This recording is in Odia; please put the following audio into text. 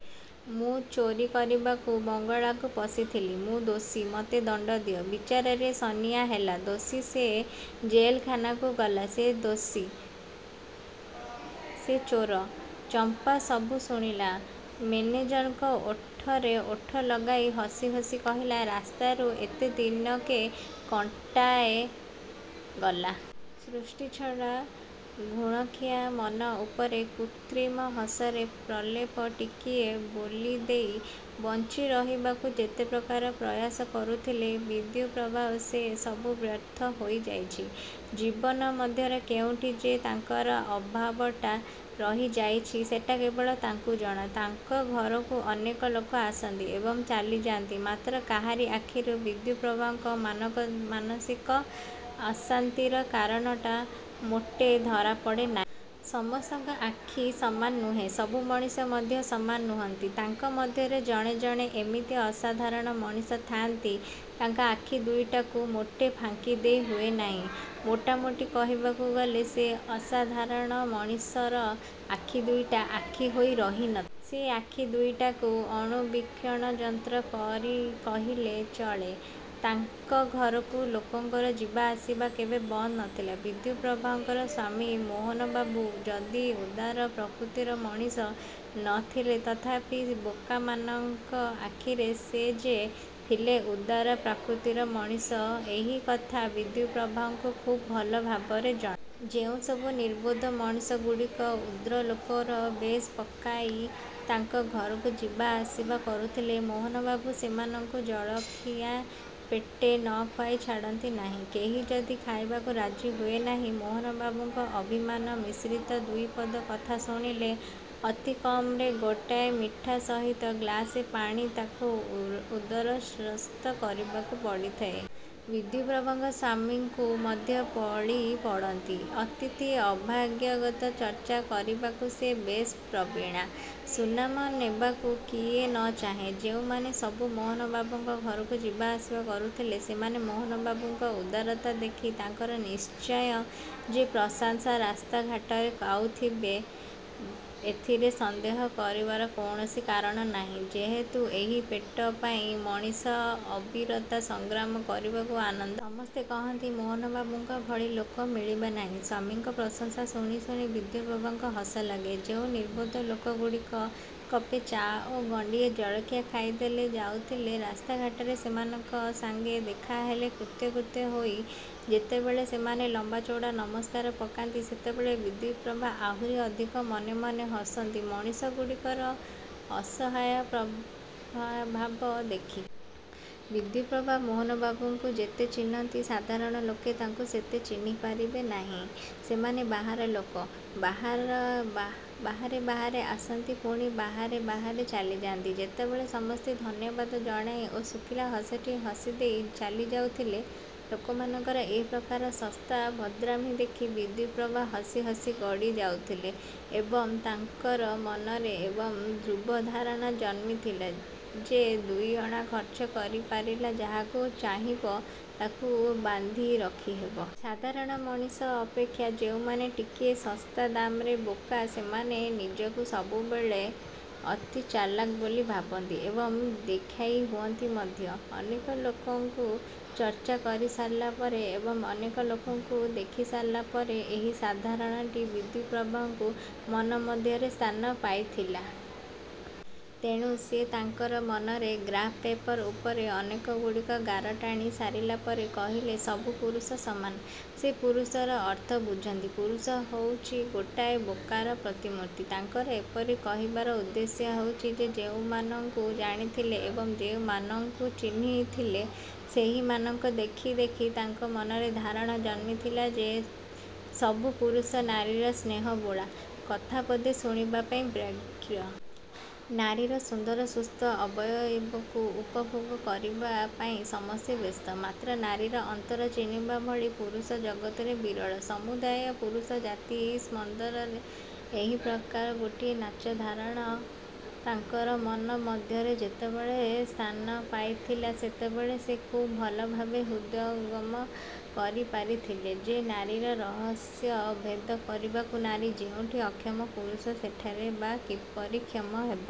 ମୁଁ ଚୋରୀ କରିବାକୁ ବଙ୍ଗଳାକୁ ପଶିଥିଲି। ମୁଁ ଦୋଷୀ। ମୋତେ ଦଣ୍ଡ ଦିଅ। '' ବିଚାରରେ ସନିଆ ହେଲା ଦୋଷୀ। ସେ ଜେଲଖାନାକୁ ଗଲା। ସେ ଦାଗୀ, ସେ ଚୋର। ଚମ୍ପା ସବୁ ଶୁଣିଲା। ମେନେଜରଙ୍କ ଓଠରେ ଓଠ ଲଗାଇ ହସି ହସି କହିଲା, ''ରାସ୍ତାରୁ ଏତେ ଦିନକେ କଣ୍ଟାଟାଏ ଗଲା। '' ସୃଷ୍ଟି ଛଡ଼ା ଘୁଣଖିଆ ମନ ଉପରେ କୃତ୍ରିମ ହସର ପ୍ରଲେପ ଟିକିଏ ବୋଳିଦେଇ ବଞ୍ଚିରହିବାକୁ ଯେତେ ପ୍ରକାର ପ୍ରୟାସ କରୁଥିଲେ ବିଦ୍ୟୁପ୍ରଭା ସେ ସବୁ ବ୍ୟର୍ଥ ହୋଇଯାଇଛି। ଜୀବନ ମଧ୍ୟରେ କେଉଁଠି ଯେ ତାଙ୍କର ଅଭାବଟା ରହିଯାଇଛି ସେଟା କେବଳ ତାଙ୍କୁ ଜଣା। ତାଙ୍କ ଘରକୁ ଅନେକ ଲୋକ ଆସନ୍ତି ଏବଂ ଚାଲିଯାଆନ୍ତି, ମାତ୍ର କାହାରି ଆଖିରେ ବିଦ୍ୟୁପ୍ରଭାଙ୍କର ମାନସିକ ଅଶାନ୍ତିର କାରଣଟା ମୋଟେ ଧରାପଡ଼େ ନାହିଁ। ସମସ୍ତଙ୍କର ଆଖି ସମାନ ନୁହେଁ। ସବୁ ମଣିଷ ମଧ୍ୟ ସମାନ ନୁହଁନ୍ତି। ତାଙ୍କ ମଧ୍ୟରେ ଜଣେ ଜଣେ ଏମିତି ଅସାଧାରଣ ମଣିଷ ଥାଆନ୍ତି ତାଙ୍କ ଆଖି ଦୁଇଟାକୁ ମୋଟେ ଫାଙ୍କିଦେଇ ହୁଏ ନାହିଁ। ମୋଟାମୋଟି କହିବାକୁ ଗଲେ। ସେ ଅସାଧାରଣ ମଣିଷର ଆଖି ଦୁଇଟା ଆଖି ହୋଇ ରହିନଥାଏ-। ସେ ଆଖି ଦୁଇଟାକୁ ଅଣୁବୀକ୍ଷଣଯନ୍ତ୍ର କହିଲେ ଚଳେ। ତାଙ୍କ ଘରକୁ ଲୋକଙ୍କର ଯିବାଆସିବା କେବେ ବନ୍ଦ ନ ଥିଲା। ବିଦ୍ୟୁପ୍ରଭାଙ୍କର ସ୍ୱାମୀ ମୋହନବାବୁ ଯଦିଓ ଉଦାର ପ୍ରକୃତିର ମଣିଷ ନ ଥିଲେ ତଥାପି ବୋକାମାନଙ୍କ ଆଖିରେ ସେ ଯେ ଥିଲେ ଉଦାର ପ୍ରକୃତିର ମଣିଷ ଏହି କଥା ବିଦ୍ୟୁପ୍ରଭାଙ୍କୁ ଖୁବ୍ ଭଲ ଭାବରେ ଜଣା। ଯେଉଁସବୁ ନିର୍ବୋଧ ମଣିଷଗୁଡ଼ିକ ଭଦ୍ରଲୋକର ବେଶ ପକାଇ ତାଙ୍କ ଘରକୁ ଯିବାଆସିବା କରୁଥିଲେ ମୋହନବାବୁ ସେମାନଙ୍କୁ ଜଳଖିଆ ପେଟେ ନ ଖୁଆଇ ଛାଡ଼ନ୍ତି ନାହିଁ। କେହି ଯଦି ଖାଇବାକୁ ରାଜି ହୁଏ ନାହିଁ ମୋହନବାବୁଙ୍କ ଅଭିମାନ ମିଶ୍ରିତ ଦୁଇପଦ କଥା ଶୁଣିଲେ ଅତି କମରେ ଗୋଟିଏ ମିଠା ସହିତ ଗ୍ଲାସେ ପାଣି ତାକୁ ଉଦରସ୍ଥ କରିବାକୁ ପଡ଼ିଥାଏ। ବିଦ୍ୟୁପ୍ରଭା ସ୍ୱାମୀଙ୍କୁ ମଧ୍ୟ ବଳିପଡ଼ନ୍ତି। ଅତିଥି, ଅଭ୍ୟାଗତ ଚର୍ଚ୍ଚା କରିବାକୁ ସେ ବେଶ୍ ପ୍ରବୀଣା। ସୁନାମ ନେବାକୁ କିଏ ନ ଚାହେଁ? ଯେଉଁମାନେ ସବୁ ମୋହନବାବୁଙ୍କ ଘରକୁ ଯିବା ଆସିବା କରୁଥିଲେ ସେମାନେ ମୋହନବାବୁଙ୍କ ଉଦାରତା ଦେଖି ତାଙ୍କର ନିଶ୍ଚୟ ଯେ ପ୍ରଶଂସା ରାସ୍ତାଘାଟରେ ଗାଉଥିବେ ଏଥିରେ ସନ୍ଦେହ କରିବାରେ କୌଣସି କାରଣ ନାହିଁ, ଯେହେତୁ ଏହି ପେଟ ପାଇଁ ମଣିଷ ଅବିରତ ସଂଗ୍ରାମ କରିବାକୁ ଆନନ୍ଦ ପାଏ। ସମସ୍ତେ କହନ୍ତି ମୋହନବାବୁଙ୍କ ଭଳି ଲୋକ ମିଳିବେ ନାହିଁ। ସ୍ଵାମୀଙ୍କ ପ୍ରଶଂସା ଶୁଣି ଶୁଣି ବିଦ୍ୟୁପ୍ରଭାଙ୍କୁ ହସ ଲାଗେ। ଯେଉଁ ନିର୍ବୋଧ ଲୋକଗୁଡ଼ିକ କପେ ଚା' ଓ ଗଣ୍ଡିଏ ଜଳଖିଆ ଖାଇଦେଇ ଯାଉଥିଲେ ରାସ୍ତାଘାଟରେ ସେମାନଙ୍କ ସଙ୍ଗେ ଦେଖାହେଲେ କୃତ୍ୟକୃତ୍ୟ ହୋଇ ଯେତେବେଳେ ସେମାନେ ଲମ୍ବା ଚୌଡ଼ା ନମସ୍କାର ପକାନ୍ତି ସେତେବେଳେ ବିଦ୍ୟୁପ୍ରଭା ଆହୁରି ଅଧିକ ମନେମନେ ହସନ୍ତି ମଣିଷଗୁଡ଼ିକର ଅସହାୟଭାବ ଦେଖି। ବିଦ୍ୟୁପ୍ରଭା ମୋହନବାବୁଙ୍କୁ ଯେତେ ଚିହ୍ନନ୍ତି ସାଧାରଣ ଲୋକେ ତାଙ୍କୁ ସେତେ ଚିହ୍ନିପାରିବେ ନାହିଁ। ସେମାନେ ବାହାର ଲୋକ। ବାହାରେ ବାହାରେ ଆସନ୍ତି, ପୁଣି ବାହାରେ ବାହାରେ ଚାଲିଯାଆନ୍ତି। ଯେତେବେଳେ ସମସ୍ତେ ଧନ୍ୟବାଦ ଜଣାଇ ଓ ଶୁଖିଲା ହସଟିଏ ହସିଦେଇ ଚାଲିଯାଉଥିଲେ। ଲୋକମାନଙ୍କର ଏ ପ୍ରକାର ଶସ୍ତା ଭଦ୍ରାମି ଦେଖି ବିଦ୍ୟୁପ୍ରଭା ହସି ହସି ଗଡ଼ିଯାଉଥିଲେ ଏବଂ ତାଙ୍କର ମନରେ ଏକ ଧ୍ରୁବ ଧାରଣା ଜନ୍ମିଥିଲା ଯେ ଦୁଇଅଣା ଖର୍ଚ୍ଚ କରିପାରିଲେ ଯାହାକୁ ଚାହିଁବ ତାକୁ ବାନ୍ଧି ରଖିହେବ। ସାଧାରଣ ମଣିଷ ଅପେକ୍ଷା ଯେଉଁମାନେ ଟିକିଏ ଶସ୍ତା ଦାମର ବୋକା ସେମାନେ ନିଜକୁ ସବୁବେଳେ ଅତି ଚାଲାକ ବୋଲି ଭାବନ୍ତି ଏବଂ ଦେଖାଇ ହୁଅନ୍ତି ମଧ୍ୟ। ଅନେକ ଲୋକଙ୍କୁ ଚର୍ଚ୍ଚା କରିସାରିଲା ପରେ ଏବଂ ଅନେକ ଲୋକଙ୍କୁ ଦେଖିସାରିଲା ପରେ ଏହି ଧାରଣାଟି ବିଦ୍ୟୁପ୍ରଭାଙ୍କ ମନ ମଧ୍ୟରେ ସ୍ଥାନ ପାଇଥିଲା। ତେଣୁ ସେ ତାଙ୍କର ମନର ଗ୍ରାଫ୍ ପେପାର ଉପରେ ଅନେକଗୁଡ଼ିଏ ଗାର ଟାଣି ସାରିଲା ପରେ କହିଥିଲେ, ''ସବୁ ପୁରୁଷ ସମାନ। '' ସେ ପୁରୁଷର ଅର୍ଥ ବୁଝନ୍ତି। ପୁରୁଷ ହେଉଛି ଗୋଟାଏ ବୋକାର ପ୍ରତିମୂର୍ତ୍ତି। ତାଙ୍କର ଏପରି କହିବାର ଉଦ୍ଦେଶ୍ୟ ହେଉଛି ସେ ଯେଉଁମାନଙ୍କୁ ଜାଣିଥିଲେ ଏବଂ ଯେଉଁମାନଙ୍କୁ ଚିହ୍ନିଥିଲେ ସେହିମାନଙ୍କୁ ଦେଖି ଦେଖି ତାଙ୍କ ମନରେ ଧାରଣା ଜନ୍ମିଥିଲା ଯେ ସବୁ ପୁରୁଷ ନାରୀର ସ୍ନେହବୋଳା କଥାପଦେ ଶୁଣିବା ପାଇଁ ବ୍ୟଗ୍ର। ନାରୀର ସୁନ୍ଦର ସୁସ୍ଥ ଅବୟବକୁ ଉପଭୋଗ କରିବାପାଇଁ ସମସ୍ତେ ବ୍ୟସ୍ତ। ମାତ୍ର ନାରୀର ଅନ୍ତର ଚିହ୍ନିବା ଭଳି ପୁରୁଷ ଜଗତରେ ବିରଳ। ସମୁଦାୟ ପୁରୁଷ ଜାତି ସମ୍ବନ୍ଧରେ ଏହି ପ୍ରକାର ଗୋଟିଏ ନୀଚ ଧାରଣା ତାଙ୍କର ମନ ମଧ୍ୟରେ ଯେତେବେଳେ ସ୍ଥାନପାଇଥିଲା ସେତେବେଳେ ସେ ଖୁବ୍ ଭଲଭାବେ ହୃଦୟଙ୍ଗମ କରିପାରିଥିଲେ ଯେ ନାରୀର ରହସ୍ୟ ଭେଦ କରିବାକୁ ନାରୀ ଯେଉଁଠି ଅକ୍ଷମ ପୁରୁଷ ସେଠାରେ ବା କିପରି କ୍ଷମ ହେବ?